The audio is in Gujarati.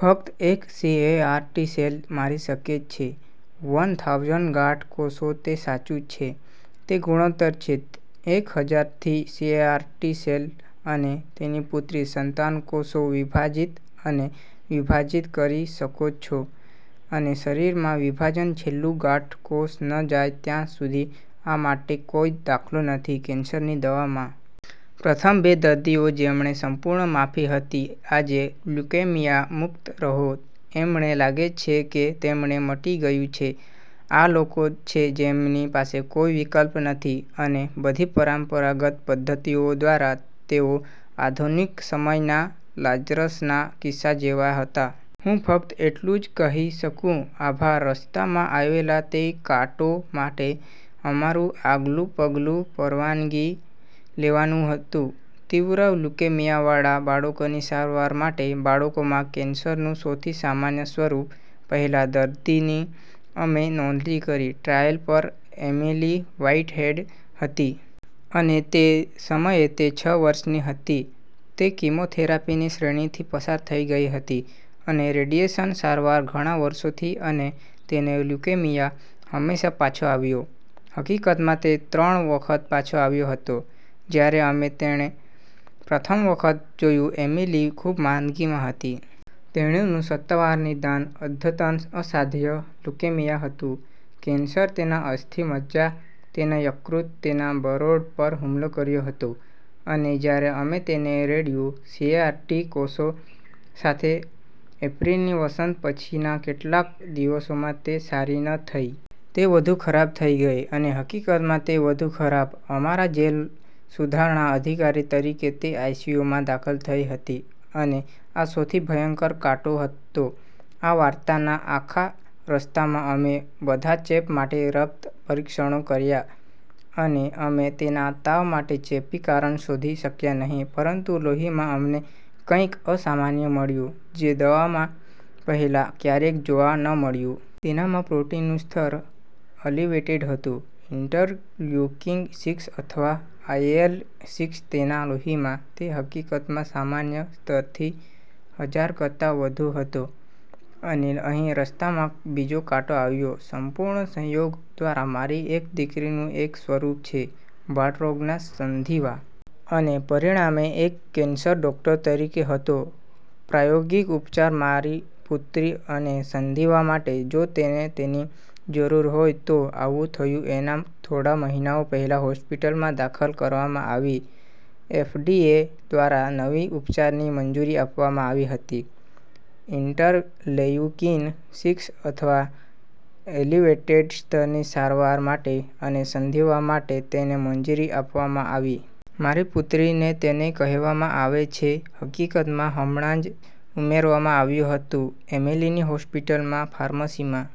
ફક્ત એક સીએઆર ટી સેલ મારી શકે છે. વન થાઉસન્ડ ગાંઠ કોષો તે સાચું છે. તે ગુણોત્તર છે એક હજાર થી. સીએઆર ટી સેલ અને તેની પુત્રી સંતાન કોષો વિભાજીત અને વિભાજિત કરી શકો છો અને શરીરમાં વિભાજન છેલ્લું ગાંઠ કોષ ન જાય ત્યાં સુધી આ માટે કોઈ દાખલો નથી કેન્સરની દવામાં. પ્રથમ બે દર્દીઓ જેમણે સંપૂર્ણ માફી હતી આજે લ્યુકેમિયા મુક્ત રહો. એમણે લાગે છે કે તેમણે મટી ગયું છે. આ લોકો છે જેમની પાસે કોઈ વિકલ્પ નથી અને બધી પરંપરાગત પદ્ધતિઓ દ્વારા તેઓ આધુનિક સમયના લાજરસના કિસ્સા જેવા હતા. હું ફક્ત એટલું જ કહી શકું, "આભાર રસ્તામાં આવેલા તે કાંટો માટે". અમારું આગલું પગલું પરવાનગી લેવાનું હતું તીવ્ર લ્યુકેમિયાવાળા બાળકોની સારવાર માટે, બાળકોમાં કેન્સરનું સૌથી સામાન્ય સ્વરૂપ. પહેલા દર્દીની અમે નોંધણી કરી ટ્રાયલ પર એમિલી વ્હાઇટહેડ હતી. અને તે સમયે તે છ વર્ષની હતી. તે કીમોથેરાપીની શ્રેણીથી પસાર થઈ ગઈ હતી અને રેડિયેશન સારવાર ઘણા વર્ષોથી અને તેનો લ્યુકેમિયા હંમેશાં પાછો આવ્યો. હકીકતમાં તે ત્રણ વખત પાછો આવ્યો હતો. જ્યારે અમે તેણે પ્રથમ વખત જોયું, એમિલી ખૂબ માંદગીમાં હતી. તેણીનું સત્તાવાર નિદાન અદ્યતન અસાધ્ય લ્યુકેમિયા હતું. કેન્સર તેના અસ્થિ મજ્જા, તેના યકૃત, તેના બરોળ પર હુમલો કર્યો હતો અને જ્યારે અમે તેને રેડ્યું સીએઆર ટી કોષો સાથે એપ્રિલની વસંત પછીના કેટલાક દિવસોમાં તે સારી ન થઈ. તે વધુ ખરાબ થઈ ગઈ અને હકીકતમાં, તે વધુ ખરાબ. અમારા જેલ સુધારણા અધિકારી તરીકે તે આઈસીયુમાં દાખલ થઈ હતી અને આ સૌથી ભયંકર કાંટો હતો આ વાર્તાના આખા રસ્તામાં. અમે બધા ચેપ માટે રક્ત પરીક્ષણો કર્યા અને અમે તેના તાવ માટે ચેપી કારણ શોધી શક્યા નહીં પરંતુ લોહીમાં અમને કંઈક અસામાન્ય મળ્યું જે દવામાં પહેલાં ક્યારેક જોવા ન મળ્યું. તેનામાં પ્રોટીનનું સ્તર અલિવેટેડ હતું. ઇન્ટરલ્યુકિન સિક્સ, અથવા આઇએલ સિક્સ તેના લોહીમાં. તે હકીકતમાં સામાન્ય સ્તરથી હજાર કરતા વધુ હતો અને અહી રસ્તામાં બીજો કાંટો આવ્યો. સંપૂર્ણ સંયોગ દ્વારા મારી એક દીકરીનું એક સ્વરૂપ છે બાળરોગના સંધિવા. અને પરિણામે એક કેન્સર ડૉક્ટર તરીકે હતો પ્રાયોગિક ઉપચાર મારી પુત્રી અને સંધિવા માટે જો તેને તેની જરૂર હોય તો. આવું થયું એના થોડા મહિનાઓ પહેલાં હોસ્પિટલમાં દાખલ કરવામાં આવી એફડીએ દ્વારા નવી ઉપચારની મંજૂરી આપવામાં આવી હતી ઇન્ટરલેયુકિન સિક્સ અથવા એલિવેટેડ સ્તરની સારવાર માટે અને સંધિવા માટે તેને મંજૂરી આપવામાં આવી. મારી પુત્રી ને તેને કહેવામાં આવે છે. હકીકતમાં, હમણાં જ ઉમેરવામાં આવ્યું હતું એમિલીની હોસ્પિટલમાં ફાર્મસીમાં.